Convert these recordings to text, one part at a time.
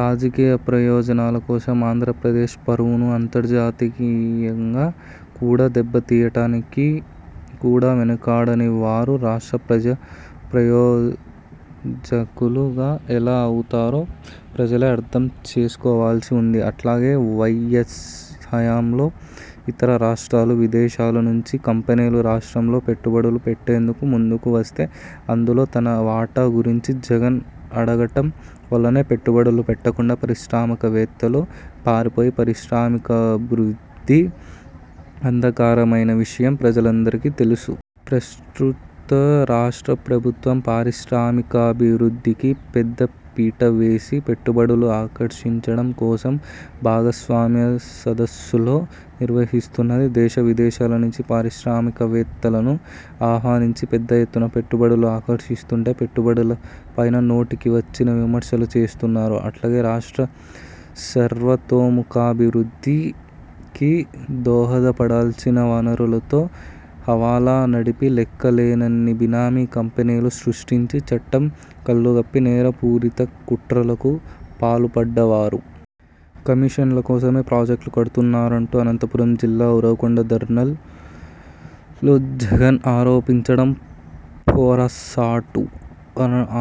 రాజకీయ ప్రయోజనాల కోసం ఆంధ్రప్రదేశ్ పరువును అంతర్జాతీయంగా కూడా దెబ్బతీయటానికి కూడా వెనకాడని వారు రాష్ట్ర ప్రజా ప్రయోజకులు ఎలా అవుతారో ప్రజలే అర్ధం చేసుకోవాల్సి వుంది. అట్లాగే వైఎస్ హయాంలో ఇతర రాష్ట్రాలు, విదేశాల నుంచి కంపెనీలు రాష్ట్రంలో పెట్టుబడులు పెట్టేందుకు ముందుకు వస్తే అందులో తన వాటా గురించి జగన్ అడగటం వల్లనే పెట్టుబడులు పెట్టకుండా పారిశ్రామికవేత్తలు పారిపోయి పారిశ్రామికాభివృద్ధి అంధకారమైన విషయం ప్రజలందరికి తెలుసు. ప్రస్తుత రాష్ట్ర ప్రభుత్వం పారిశ్రామికాభివృద్ధికి పెద్దపీట వేసి పెట్టుబడులు ఆకర్షించడం కోసం భాగస్వామ్య సదస్సులు నిర్వహిస్తున్నది. దేశ, విదేశాల నుంచి పారిశ్రామికవేత్తలను ఆహ్వానించి, పెద్దఎత్తున పెట్టుబడులు ఆకర్షిస్తుంటే పెట్టుబడులపైన నోటికి వచ్చిన విమర్శలు చేస్తున్నారు. అట్లాగే రాష్ట్ర సర్వతోముఖాభివృద్దికి దోహదపడాల్సిన వనరులతో హవాలా నడిపి లెక్క లేనన్ని బినామీ కంపెనీలు సృష్టించి చట్టం కళ్లుగప్పి నేర పూరిత కుట్రలకు పాల్పడ్డవారు. కమీషన్ల కోసమే ప్రాజెక్టులు కడుతున్నారంటూ అనంతపురం జిల్లా ఉరవకొండ ధర్నాలో జగన్ ఆరోపించడం పొరసాటు.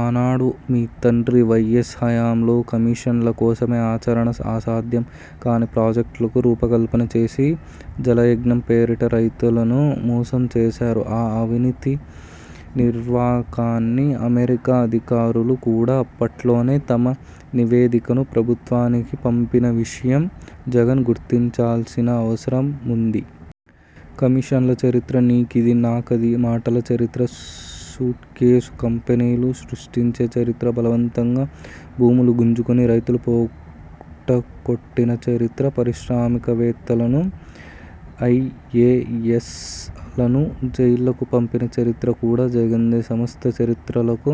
ఆనాడు మీ తండ్రి వైఎస్ హయాంలో కమీషన్ల కోసమే ఆచరణ అసాధ్యం కానీ ప్రాజెక్టులకు రూపకల్పన చేసి, జలయజ్ఞం పేరిట రైతులను మోసం చేశారు. ఆ అవినీతి నిర్వకాన్ని అమెరికా అధికారులు కూడా అప్పట్లోనే తమ నివేదికను ప్రభుత్వానికి పంపిన విషయం జగన్ గుర్తించాల్సిన అవసరముంది. కమిషన్ల చరిత్ర, నీ కిది, నాకది వాటాల చరిత్ర, సూట్కేసు కంపెనీలు సృష్టించే చరిత్ర, బలవంతంగా భూములు గుంజుకొని రైతుల పొట్టకొట్టిన చరిత్ర, పారిశ్రామికవేత్తలను, ఐఏఎస్ లను జైళ్లకు పంపిన చరిత్ర కూడా జగన్ దే. సమస్త చరిత్రలకు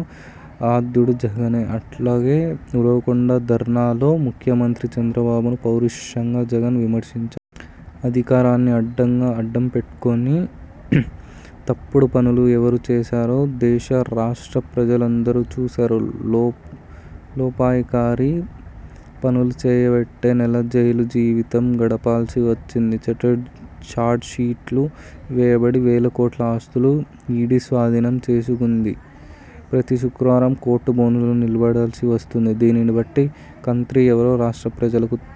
ఆద్యుడు జగనే. అట్లాగే ఉరవకొండ ధర్నాలో ముఖ్యమంత్రి చంద్రబాబును పరుషంగా జగన్ విమర్శించారు. అధికారాన్ని అడ్డం పెట్టుకొని తప్పుడు పనులు ఎవరు చేశారో దేశ, రాష్ట్ర ప్రజలందరూ చూశారు. లోపాయికారీ పనులు చేయబట్టే నెలలు జైలు జీవితం గడపాల్సి వచ్చింది. ఛార్జిషీట్లు వేయబడి వేలకోట్ల ఆస్తులు ఈడీ స్వాధీనం చేసుకుంటుంది. ప్రతి శుక్రవారం కోర్టు బోనులో నిలబడాల్సి వస్తుంది. దీనిని బట్టి కంత్రీ ఎవరో రాష్ట్ర ప్రజలకు తెలుసు.